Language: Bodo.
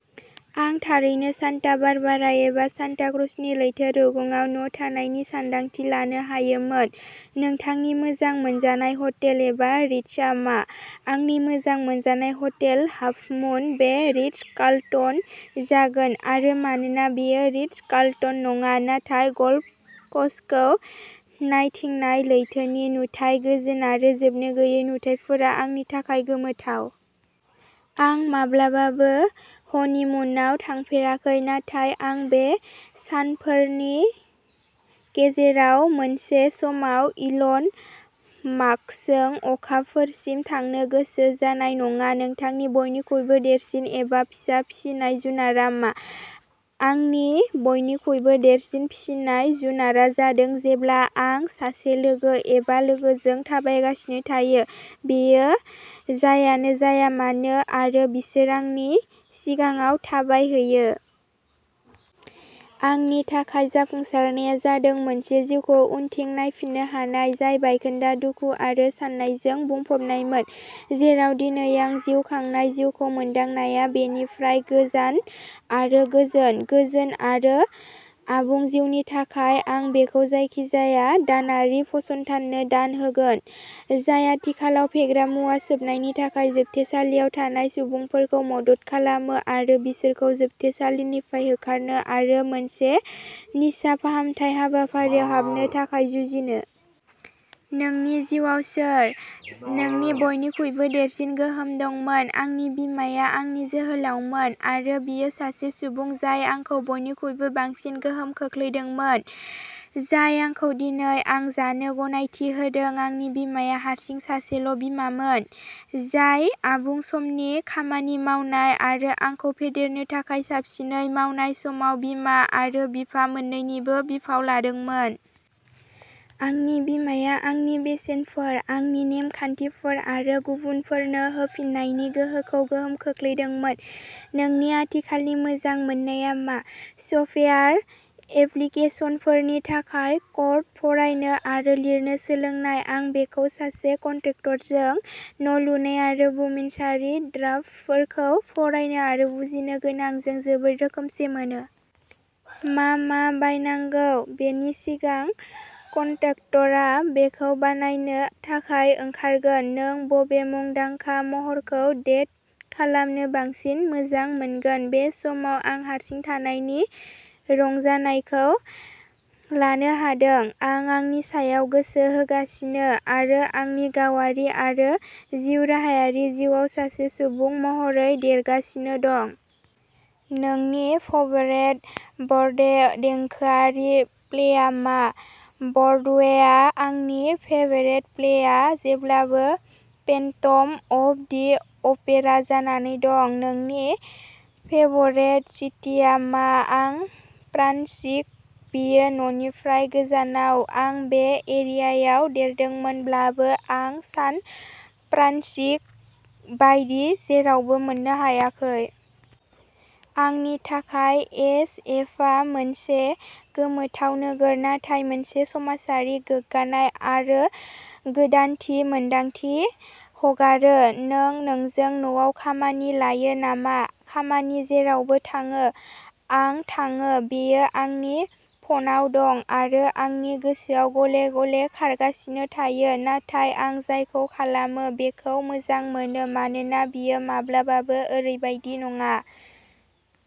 आं थारैनो सान्टा बारबारा एबा सान्टा क्रुजनि लैथो रुगुंआव न' थानायनि सानदांथि लानो हायोमोन। नोंथांनि मोजां मोनजानाय हटेल एबा रिसर्टआ मा? आंनि मोजां मोनजानाय हटेलआ हाफमुन बे "रिट्ज कार्लटन" जागोन आरो मानोना बेयो रिट्ज कार्लटन नङा, नाथाय गल्फ कर्सखौ नायथिंनाय लैथोनि नुथाय, गोजोन आरो जोबनो गैयै नुथायफोरा आंनि थाखाय गोमोथाव। आं माब्लाबाबो हनिमुनआव थाफेराखै नाथाय आं बे सानफोरनि गेजेराव मोनसे समाव इलन मास्कजों अखाफोरसिम थांनो गोसो जानाय नङा। नोंथांनि बयनिख्रुइबो देरसिन एबा फिसा फिसिनाय जुनारआ मा? आंनि बयनिख्रुइबो देरसिन फिसिनाय जुनारआ जादों जेब्ला आं सासे लोगो एबा लोगोजों थाबायगासिनो थायो, बियो जायानो जाया मानो आरो बिसोर आंनि सिगाङाव थाबायहैयो। आंनि थाखाय जाफुंसारनाया जादों मोनसे जिउखौ उनथिं नायफिन्नो हानाय, जाय बायखोन्दा, दुखु आरो सानायजों बुंफबनायमोन, जेराव दिनै आं जिउ खांनाय जिउखौ मोनदांनाया बेनिफ्राय गोजान आरो गोजोन, गोजोन आरो आबुं जिउनि थाखाय। आं बेखौ जायखिजाया दानारि फसंथाननो दान होगोन, जाय आथिखालाव फेग्रा मुवा सोबनायनि थाखाय जोबथेसालियाव थानाय सुबुंफोरखौ मदद खालामो आरो बिसोरखौ जोबथेसालिनिफ्राय होखारनो आरो मोनसे निसा फाहामथाय हाबाफारिआव हाबनो थाखाय जुजिनो। नोंनि जिउआव सोर नोंनि बयनिख्रुइबो देरसिन गोहोम दंमोन? आंनि बिमाया आंनि जोहोलावमोन आरो बियो सासे सुबुं जाय आंखौ बयनिख्रुइबो बांसिन गोहोम खोख्लैदोंमोन, जाय आंखौ दिनै आं जानो गनायथि होदों। आंनि बिमाया हारसिं सासेल' बिमामोन, जाय आबुं समनि खामानि मावनाय आरो आंखौ फेदेरनो थाखाय साबसिनै मावनाय समाव बिमा आरो बिफा मोन्नैनिबो बिफाव लादोंमोन। आंनि बिमाया आंनि बेसेनफोर, आंनि नेम खान्थिफोर आरो गुबुनफोरनो होफिन्नायनि गोहोखौ गोहोम खोख्लैदोंमोन। नोंनि आथिखालनि मोजां मोननाया मा? सफ्टवेयार एप्लीकेसनफोरनि थाखाय क'ड फरायनो आरो लिरनो सोलोंनाय। आं बेखौ सासे कन्ट्रेक्टरजों न' लुनाय आरो बुमिनसारारि ड्राफ्टफोरखौ फरायनो आरो बुजिनो गोनांजों जोबोद रोखोमसे मोनो। मा मा बायनांगौ बेनि सिगां कन्ट्राक्टरआ बेखौ बानायनो थाखाय ओंखारगोन। नों बबे मुंदांखा महरखौ डेट खालामनो बांसिन मोजां मोनगोन? बे समाव आं हारसिं थानायनि रंजानायखौ लानो हादों, आं आंनि सायाव गोसो होगासिनो आरो आंनि गावारि आरो जिउराहायारि जिउआव सासे सुबुं महरै देरगासिनो दं। नोंनि फभरेट बरडे देंखोआरि प्लेआ मा? बरडवेआ आंनि फेभरेट प्लेआ जेब्लाबो फेन्टम अफ दि अपेरा जानानै दं। नोंनि फेभरेट सिटीआ मा? आं फ्रान्सिस्क ', बेयो न'निफ्राय गोजानाव । आं बे एरियायाव देरदोंमोनब्लाबो, आं सान फ्रान्सिस्क' बायदि जेरावबो मोननो हायाखै। आंनि थाखाय एस एफआ मोनसे गोमोथाव नोगोर नाथाय मोनसे समाजारि, गोग्गानाय आरो गोदानथि मोन्दांथि हगारो। नों नोंजों न'आव खामानि लायो नामा? खामानि जेरावबो थाङो आं थाङो, बेयो आंनि फनाव दं आरो आंनि गोसोआव गले-गले खारगासिनो थायो, नाथाय आं जायखौ खालामो बेखौ मोजां मोनो, मानोना बेयो माब्लाबाबो ओरैबादि नङा।